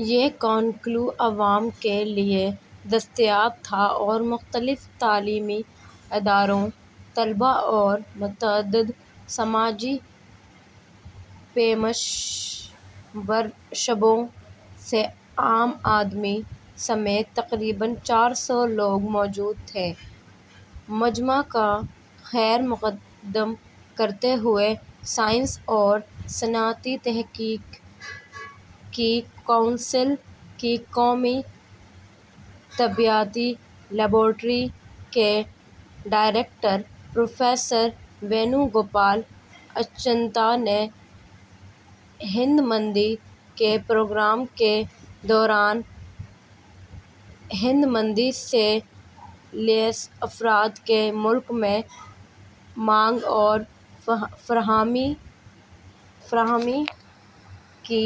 یہ کانکلیو عوام کے لیے دستیاب تھا اور مختلف تعلیمی اداروں، طلبا اور متعدد سماجی، پیشہ ور شعبوں سے عام آدمی سمیت تقریباً چار سو لوگ موجود تھے۔ مجمع کا خیر مقدم کرتے ہوئے سائنسی اور صنعتی تحقیق کی کونسل کی قومی طبیعیاتی لیبارٹری کے ڈائریکٹر پروفیسر وینو گوپال اچنتا نے ہنرمندی کے پروگرام کے دوران، ہنرمندی سے لیس افراد کی ملک میں مانگ اور فراہمی کی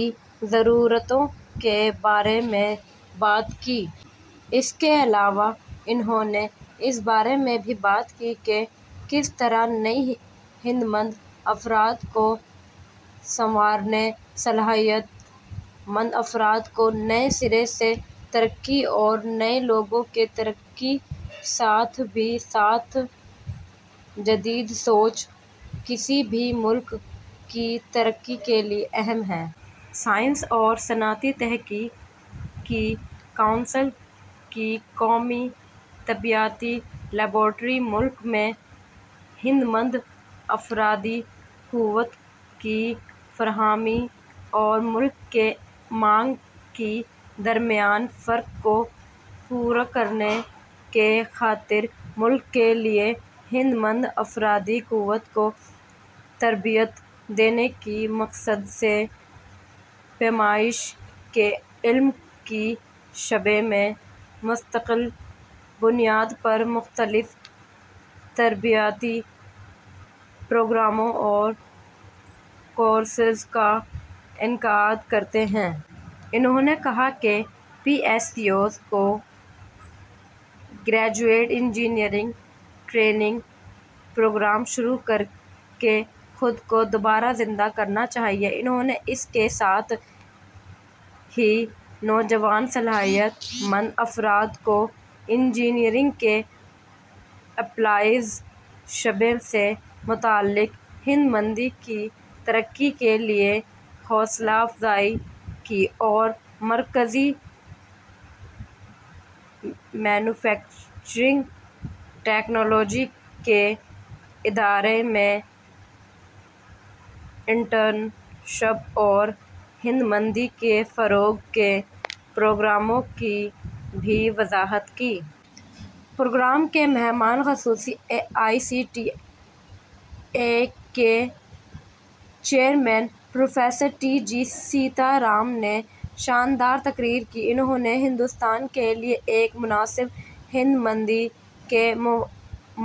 ضرورتوں کے بارے میں بات کی۔ اس کے علاوہ انہوں نے اس بارے میں بھی بات کی کہ کس طرح نئے ہنرمند افراد کو سنوارنے، صلاحیت مند افراد کی نئے سرے سے ترقی اور نئے لوگوں کی ترقی، ساتھ ہی ساتھ جدید سوچ، کسی بھی ملک کی ترقی کے لیے اہم ہے۔ سائنسی اور صنعتی تحقیق کی کونسل کی قومی طبیعیاتی لیبارٹری ملک میں ہنرمند افرادی قوت کی فراہمی اور ملک کی مانگ کے درمیان فرق کو پُر کرنے کی خاطر ملک کے لیے ہنرمند افرادی قوت کو تربیت دینے کے مقصد سے پیمائش کے علم کے شعبے میں مستقل بنیاد پر مختلف تربیتی پروگراموں اور کورسز کا انعقاد کرتی ہے۔ انہوں نے کہا کہ پی ایس یوز کو گریجویٹ انجینئرنگ ٹریننگ پروگرام شروع کرکے خود کو دوبارہ زندہ کرنا چاہیے۔ انہوں نے اس کے ساتھ ہی نوجوان صلاحیت مند افراد کو انجینئرنگ کے اپلائیڈ شعبے سے متعلق ہنرمندی کی ترقی کے لیے حوصلہ افزائی کی اور مرکزی مینوفیکچرنگ ٹیکنالوجی کے ادارے میں انٹرن شپ اور ہنرمندی کے فروغ کے پروگراموں کی بھی وضاحت کی۔ پروگرام کے مہمان خصوصی A I C T E کے chairman professor T G Sita Ram نے شاندار تقریر کی۔ انہوں نے ہندوستان کے لیے ایک مناسب ہنرمندی کے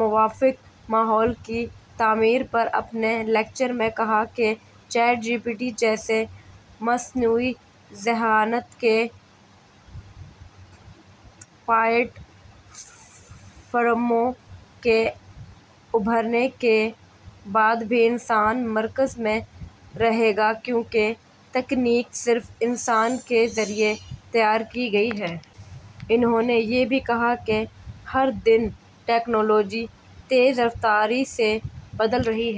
موافق ماحول کی تعمیر پر اپنے لیکچر میں کہا کہ چیٹ جی پی ٹی جیسے مصنوعی ذہانت کے پلیٹ فارموں کے ابھرنے کے بعد بھی انسان مرکز میں رہے گا، کیونکہ تکنیک صرف انسان کے ذریعے تیار کی گئی ہے۔ انہوں نے یہ بھی کہا کہ ہر دن ٹیکنالوجی تیز رفتاری سے بدل رہی ہے۔